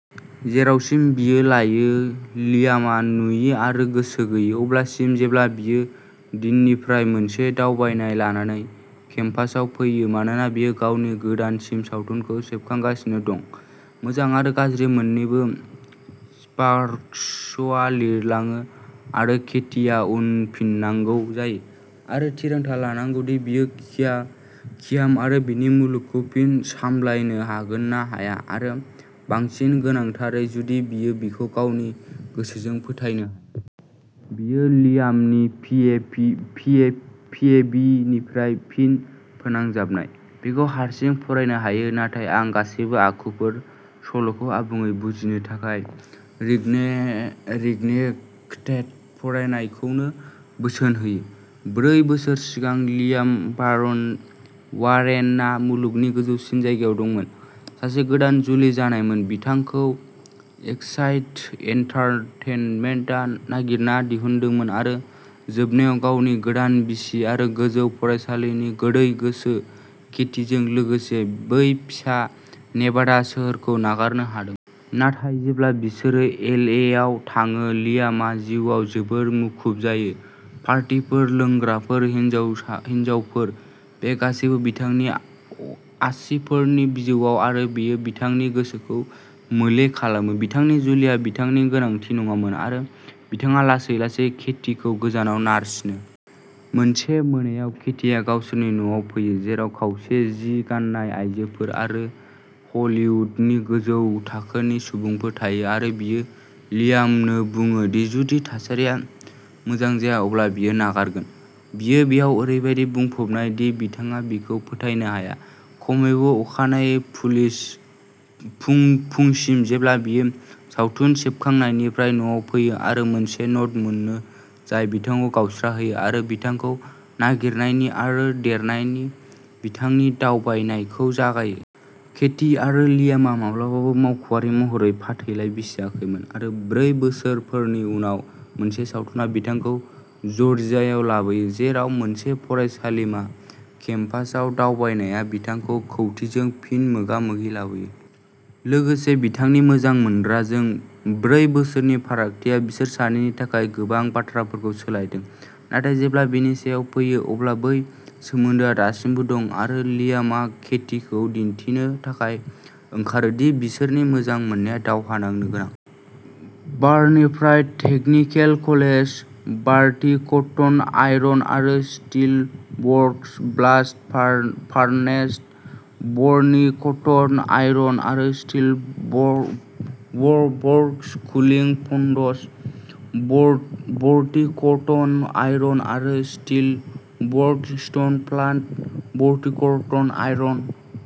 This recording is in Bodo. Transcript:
जेरावसिम बियो लायो, लियामआ नुयि आरो गोसो गैयै, अब्लासिम जेब्ला बियो डीननिफ्राय मोनसे दावबायनाय लानानै केम्पासआव फैयो, मानोना बियो गावनि गोदानसिन सावथुनखौ सेबखांगासिनो दं। मोजां आरो गाज्रि मोन्नैबो स्पार्क्सआ बिरलाङो, आरो केटिआ उनफिननांगौ जायो आरो थिरांथा लानांगौ दि बियो कियाम आरो बिनि मुलुगखौ फिन सामलायनो हागोन ना हाया, आरो बांसिन गोनांथारै, जुदि बियो बिखौ गावनि गोसोजों फोथायनो हायो। बेयो लियामनि पि. अ. भि. निफ्राय फिन फोनांजाबनाय। बेखौ हारसिं फरायनो हायो नाथाय आं गासैबो आखुफोर सल'खौ आबुङै बुजिनो थाखाय रिकनेक्टेड फरायनायखौबो बोसोन होयो। ब्रै बोसोर सिगां लियाम वारेनआ मुलुगनि गोजौसिन जायगायाव दंमोन। सासे गोदान जुलि जानायमोन, बिथांखौ एक्साइट एन्टारटेनमेन्टआ नागिरना दिहुनदोंमोन आरो जोबनायाव गावनि गोदान बिसि आरो गोजौ फरायसालिनि गोदै गोसो केटीजों लोगोसे बै फिसा नेभाडा सोहोरखौ नागारनो हादोंमोन। नाथाय जेब्ला बिसोरो एल. ए. आव थाङो, लियामआ जिउआव जोबोद मुखुब जायो। पार्टीफोर, लोंग्राफोर, हिनजावफोर। बे गासैबो बिथांनि आसिफोरनि बिजौआव आरो बेयो बिथांनि गोसोखौ मोले खालामो, बिथांनि जुलिया बिथांनि गोनांथि नङामोन आरो बिथाङा लासै-लासै केटीखौ गोजानाव नारसिनो। मोनसे मोनायाव, केटीआ गावसोरनि न'आव फैयो, जेराव खावसे जि गान्नाय आयजोफोर आरो हलीवुडनि गोजौ थाखोनि सुबुंफोर थायो आरो बियो लियामनो बुङो दि जुदि थासारिया मोजां जाया अब्ला बियो नागारगोन। बियो बेयाव ओरैबादि बुंफबनाय दि बिथाङा बिखौ फोथायनो हाया, खमैबो अखानायै फुंसिम जेब्ला बियो सावथुन सेबखांनायनिफ्राय न'आव फैयो आरो मोनसे न'ट मोनो जाय बिथांखौ गावस्राहोयो आरो बिथांखौ नागिरनायनि आरो देरनायनि बिथांनि दावबायनायखौ जागायो। केटी आरो लियामआ माब्लाबाबो मावख'आरि महरै फाथैलाइ बिसियाखैमोन, आरो ब्रै बोसोरफोरनि उनाव मोनसे सावथुना बिथांखौ जर्जियायाव लाबोयो, जेराव मोनसे फरायसालिमा केम्पासआव दावबायनाया बिथांखौ केटीजों फिन मोगा-मोगि लाबोयो, लोगोसे बिथांनि मोजां मोनग्राजों। ब्रै बोसोरनि फारागथिया बिसोर सानैनि थाखाय गोबां बाथ्राफोरखौ सोलायदों, नाथाय जेब्ला बेनि सायाव फैयो, अब्ला बै सोमोन्दोआ दासिमबो दं आरो लियामआ केटीखौ दिन्थिनो थाखाय ओंखारो दि बिसोरनि मोजां मोननाया दावहा नांनो गोनां। बारनिफ्राय टेकनिकेल कलेज। वर्किङटन आयरन आरो steel works blast furnace. Workington iron आरो steel works cooling ponds. Workington iron आरो steel works sinter plant. Workington iron